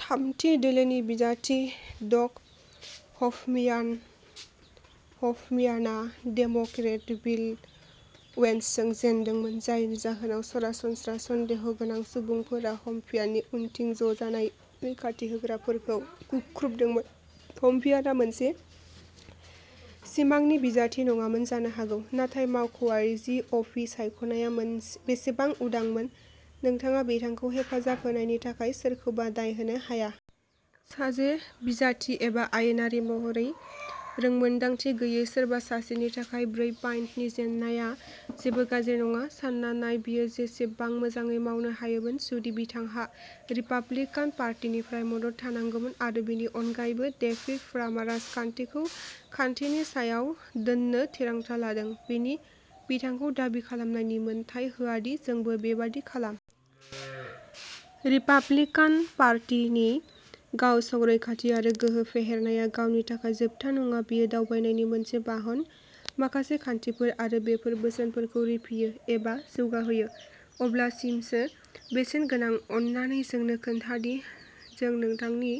थामथि-दोलोनि बिजाथि Doug Hoffman. हफम्यानआ Democrat बिल अ'वेन्सजों जेनदोंमोन, जायनि जाहोनाव सरासनस्रा सन्देह'गोनां सुबुंफोरा हफम्याननि उनथिं ज'जानाय रैखाथि होग्राफोरखौ बुख्रुबदोंमोन। हफम्यानआ मोनसे सिमांनि बिजाथि नङामोन जानो हागौ, नाथाय मावख'आरि जि अ' फि सायख'नायआ बेसेबां उदांमोन, नोंथाङा बिथांखौ हेफाजाब होनायनि थाखाय सोरखौबा दाय होनो हाया। सासे बिजाथि एबा आयेनगिरि महरै रोंमोनदांथि गैयै सोरबा सासेनि थाखाय ब्रै-पइन्टनि जेननाया जेबो गाज्रि नङा। सानना नाय बियो बेसेबां मोजाङै मावनो हायोमोन जुदि बिथांहा रिपाब्लिकान पार्टीनिफ्राय मदद थानांगौमोन। आरो बेनि अनगायैबो, डेभिड फ्रामआ राजखान्थिखौ खान्थिनि सायाव दोन्नो थिरांथा लादों, बियो बिथांखौ दाबि खालामनायनि मोन्थाइ होआ दि जोंबो बेबादि खालाम। रिपाब्लिकान पार्टीनि गाव-संरैखाथि आरो गोहो फेहेरनाया गावनि थाखाय जोबथा नङा-बेयो दावगानायनि मोनसे बाहन। माखासे खान्थिफोर, आरो बेफोर बोसोनफोरखौ रिफियो एबा जौगाहोयो अब्लासिमसो बेसेन गोनां। अन्नानै जोंनो खोन्था दि जों नोंथांनि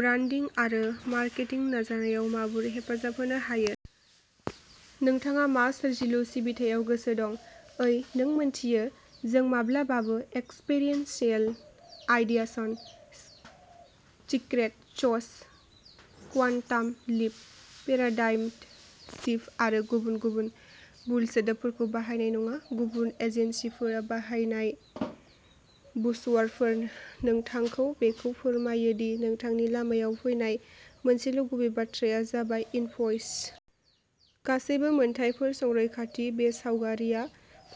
ब्रान्डिं आरो मार्केटिं नाजानायाव माबोरै हेफाजाब होनो हायो। नोंथाङा मा सोरजिलु सिबिथायाव गोसो दं? ओइ, नों मिन्थियो। जों माब्लाबाबो एक्सपेरिएन्शियेल, आइडियासन, secret sauce, quantum leap, paradigm shift आरो गुबुन गुबुन बुल सोदोबफोरखौ बाहायनाय नङा। गुबुन एजेन्सिफोरा बाहायनाय बुजवर्डफोरा नोंथांखौ बेखौ फोरमायो दि नोंथांनि लामायाव फैनाय मोनसेल' गुबै बाथ्राया जाबाय इनभ'यस। गासैबो मोनथायफोर संरैखाथि। बे सावगारिआ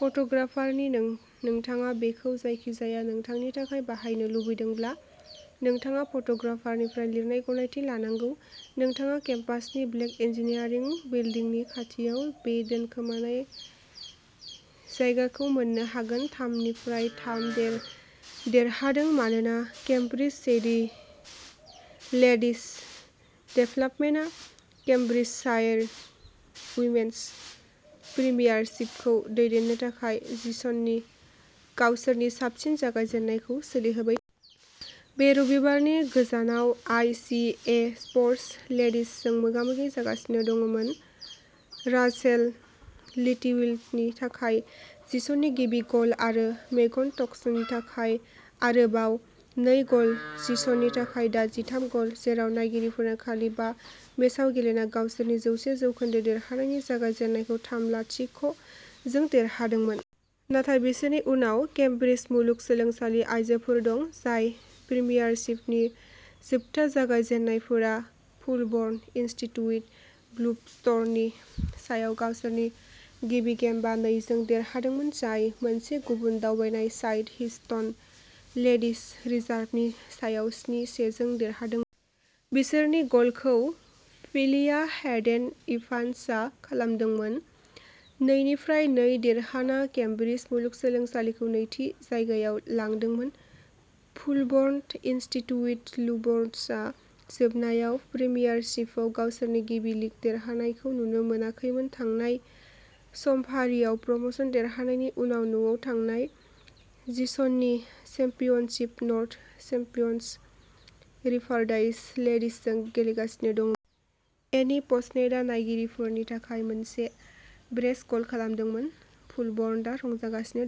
फट'ग्राफारनि। नोंथाङा बेखौ जायखिजाया थांखिनि थाखाय बाहायनो लुबैदोंब्ला, नोंथाङा फट'ग्राफारनिफ्राय लिरनाय गनायथि लानांगौ। नोंथाङा केम्पासनि ब्लेक इन्जिनियारिं बिल्दिंनि खाथियाव बे दोनखोमानाय जायगाखौ मोन्नो हागोन। थाम निफ्राय थाम देरहादों मानोना केम्ब्रिज सिटी लेडिज डेभलपमेन्टआ केम्ब्रिजशायर उइमेन'स प्रिमियारशिपखौ दैदेननो थाखाय सिजननि गावसोरनि साबसिन जागायजेन्नायखौ सोलिहोबाय बे रबिबारनि गोजानाव आइ सि ए स्प'र्टस लेडिजजों मोगा-मोगि जागासिनो दंमोन। राचेल लिटिलवुडनि थाखाय सिजननि गिबि गल आरो मेगन टन्कसनि थाखाय आरोबाव नै गल, सिजननि थाखाय दा जिथाम गल, जेराव नायगिरिफोरा खालि बा मेचआव गेलेना गावसोरनि जौसे जौखोन्दो देरहानायनि जागायजेन्नायखौ थाम-लाथिक' जों देरहादोंमोन। नाथाय बिसोरनि उनाव केमब्रिज मुलुगसोलोंसालि आयजोफोर दं, जाय प्रिमियारशिपनि जोबथा जागायजेन्नायफोरा फुलबर्न इनस्टिट्युट ब्लुबर्डसनि सायाव गावसोरनि गिबि गेम बा-नै जों देरहादोंमोन, जाय मोनसे गुबुन दावगानाय साइड, हिस्टन लेडिज रिजार्भनि सायाव स्नि-से जों देरहादोंमोन। बिसोरनि गलखौ फिलिपा हेडेन-इभान्सआ खालामदोंमोन। नै निफ्राय नै देरहाना केमब्रिज मुलुगसोलोंसालिखौ नैथि जायगायाव लांदोंमोन। फुलबर्न इनस्टिट्युट ब्लुबर्डसआ जोबनायाव प्रिमियारशिपआव गावसोरनि गिबि लीग देरहानायखौ नुनो मोनाखैमोन थांनाय समफारियाव प्रम'शन देरहानायनि उनाव। न'आव थांनाय सिजननि चेम्पियनशिप नर्थ चेम्पियन्स, रिभारसाइड लेडिजजों गेलेगासिनो दंमोन। एनि पसनेटआ नायगिरिफोरनि थाखाय मोनसे ब्रेस गल खालामदोंमोन, फुलबर्नआ रंजागासिनो दंमोन।